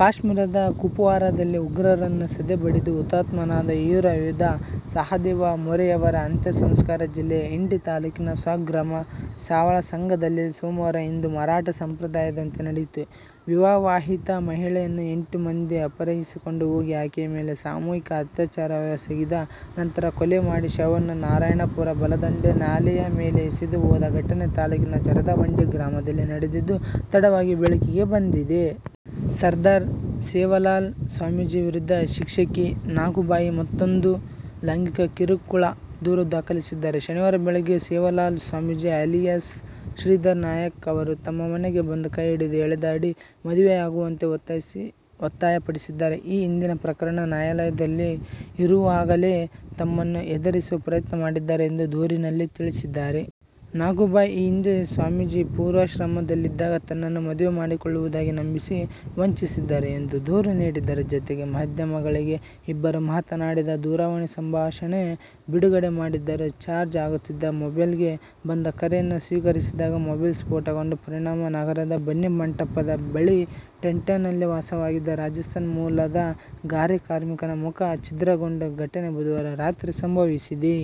ಕಾಶ್ಮೀರದ ಕುಪ್ವಾರಾದಲ್ಲಿ ಉಗ್ರರನ್ನು ಸದೆಬಡಿದು ಹುತಾತ್ಮನಾದ ವೀರಯೋಧ ಸಹದೇವ ಮೋರೆಯವರ ಅಂತ್ಯಸಂಸ್ಕಾರ ಜಿಲ್ಲೆಯ ಇಂಡಿ ತಾಲೂಕಿನ ಸ್ವಗ್ರಾಮ ಸಾವಳಸಂಗದಲ್ಲಿ ಸೋಮವಾರ ಹಿಂದೂ ಮರಾಠ ಸಂಪ್ರದಾಯದಂತೆ ನಡೆಯಿತು. ವಿವಾಹಿತ ಮಹಿಳೆಯನ್ನು ಎಂಟು ಮಂದಿ ಅಪಹರಿಸಿಕೊಂಡು ಹೋಗಿ ಆಕೆಯ ಮೇಲೆ ಸಾಮೂಹಿಕ ಅತ್ಯಾಚಾರವೆಸಗಿದ ನಂತರ ಕೊಲೆ ಮಾಡಿ ಶವವನ್ನು ನಾರಾಯಣಪುರ ಬಲದಂಡೆ ನಾಲೆಯ ಮೇಲೆ ಎಸೆದು ಹೋದ ಘಟನೆ ತಾಲೂಕಿನ ಜರದಬಂಡಿ ಗ್ರಾಮದಲ್ಲಿ ನಡೆದಿದ್ದು, ತಡವಾಗಿ ಬೆಳಕಿಗೆ ಬಂದಿದೆ. ಸರ್ದಾರ್ ಸೇವಾಲಾಲ್ ಸ್ವಾಮೀಜಿ ವಿರುದ್ಧ ಶಿಕ್ಷಕಿ ನಾಗುಬಾಯಿ ಮತ್ತೂಂದು ಲೈಂಗಿಕ ಕಿರುಕುಳ ದೂರು ದಾಖಲಿಸಿದ್ದಾರೆ. ಶನಿವಾರ ಬೆಳಗ್ಗೆ ಸೇವಾಲಾಲ್ ಸ್ವಾಮೀಜಿ ಅಲಿಯಾಸ್ ಶ್ರೀಧರ ನಾಯ್ಕ ಅವರು ತಮ್ಮ ಮನೆಗೆ ಬಂದು ಕೈ ಹಿಡಿದು ಎಳೆದಾಡಿ, ಮದುವೆಯಾಗುವಂತೆ ಒತ್ತಾಯಪಡಿಸಿದ್ದಾರೆ. ಈ ಹಿಂದಿನ ಪ್ರಕರಣ ನ್ಯಾಯಾಲಯದಲ್ಲಿರುವಾಗಲೇ ತಮ್ಮನ್ನು ಹೆದರಿಸುವ ಪ್ರಯತ್ನ ಮಾಡಿದ್ದಾರೆ ಎಂದು ದೂರಿನಲ್ಲಿ ತಿಳಿಸಿದ್ದಾರೆ. ನಾಗುಬಾಯಿ ಈ ಹಿಂದೆ ಸ್ವಾಮೀಜಿ ಪೂರ್ವಾಶ್ರಮದಲ್ಲಿದ್ದಾಗ ತನ್ನನ್ನು ಮದುವೆ ಮಾಡಿಕೊಳ್ಳುವುದಾಗಿ ನಂಬಿಸಿ, ವಂಚಿಸಿದ್ದರು ಎಂದು ದೂರು ನೀಡಿದ್ದರು. ಜತೆಗೆ ಮಾಧ್ಯಮಗಳಿಗೆ ಇಬ್ಬರೂ ಮಾತನಾಡಿದ ದೂರವಾಣಿ ಸಂಭಾಷಣೆ ಬಿಡುಗಡೆ ಮಾಡಿದ್ದರು. ಚಾರ್ಜ್ ಆಗುತ್ತಿದ್ದ ಮೊಬೈಲ್ಗೆ ಬಂದ ಕರೆಯನ್ನು ಸ್ವೀಕರಿಸಿದಾಗ ಮೊಬೈಲ್ ಸ್ಫೋಟಗೊಂಡ ಪರಿಣಾಮ ನಗರದ ಬನ್ನಿಮಂಟಪದ ಬಳಿ ಟೆಂಟ್ನಲ್ಲಿ ವಾಸವಾಗಿದ್ದ ರಾಜಸ್ಥಾನ ಮೂಲದ ಗಾರೆ ಕಾರ್ಮಿಕನ ಮುಖ ಛಿದ್ರಗೊಂಡ ಘಟನೆ ಬುಧವಾರ ರಾತ್ರಿ ಸಂಭವಿಸಿದೆ.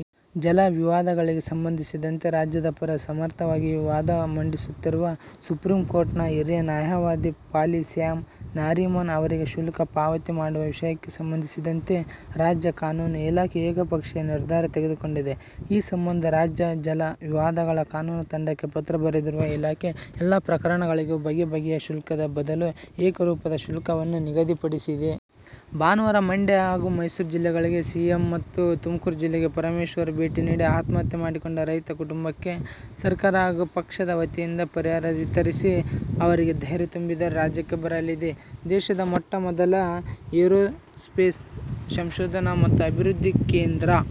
ಜಲ ವಿವಾದಗಳಿಗೆ ಸಂಬಂಧಿಸಿದಂತೆ ರಾಜ್ಯದ ಪರ ಸಮರ್ಥವಾಗಿ ವಾದ ಮಂಡಿಸುತ್ತಿರುವ ಸುಪ್ರೀಂಕೋರ್ಟ್ನ ಹಿರಿಯ ನ್ಯಾಯವಾದಿ ಫಾಲಿ ಸ್ಯಾಮ್ ನಾರಿಮನ್ ಅವರಿಗೆ ಶುಲ್ಕ ಪಾವತಿ ಮಾಡುವ ವಿಷಯಕ್ಕೆ ಸಂಬಂಧಿಸಿದಂತೆ ರಾಜ್ಯ ಕಾನೂನು ಇಲಾಖೆ ಏಕಪಕ್ಷೀಯ ನಿರ್ಧಾರ ತೆಗೆದುಕೊಂಡಿದೆ. ಈ ಸಂಬಂಧ ರಾಜ್ಯ ಜಲ ವಿವಾದಗಳ ಕಾನೂನು ತಂಡಕ್ಕೆ ಪತ್ರ ಬರೆದಿರುವ ಇಲಾಖೆ, ಎಲ್ಲ ಪ್ರಕರಣಗಳಿಗೂ ಬಗೆಬಗೆಯ ಶುಲ್ಕದ ಬದಲು ಏಕರೂಪದ ಶುಲ್ಕವನ್ನು ನಿಗದಿಪಡಿಸಿದೆ. ಭಾನುವಾರ ಮಂಡ್ಯ ಹಾಗೂ ಮೈಸೂರು ಜಿಲ್ಲೆಗಳಿಗೆ ಸಿಎಂ ಮತ್ತು ತುಮಕೂರು ಜಿಲ್ಲೆಗೆ ಪರಮೇಶ್ವರ್ ಭೇಟಿ ನೀಡಿ, ಆತ್ಮಹತ್ಯೆ ಮಾಡಿಕೊಂಡ ರೈತ ಕುಟುಂಬಕ್ಕೆ ಸರ್ಕಾರ ಹಾಗೂ ಪಕ್ಷದ ವತಿಯಿಂದ ಪರಿಹಾರ ವಿತರಿಸಿ, ಅವರಿಗೆ ಧೈರ್ಯ ತುಂಬಿದರು. ರಾಜ್ಯಕ್ಕೆ ಬರಲಿದೆ ದೇಶದ ಮೊಟ್ಟ ಮೊದಲ ಏರೋಸ್ಪೇಸ್ ಸಂಶೋಧನಾ ಮತ್ತು ಅಭಿವೃದ್ಧಿ ಕೇಂದ್ರ.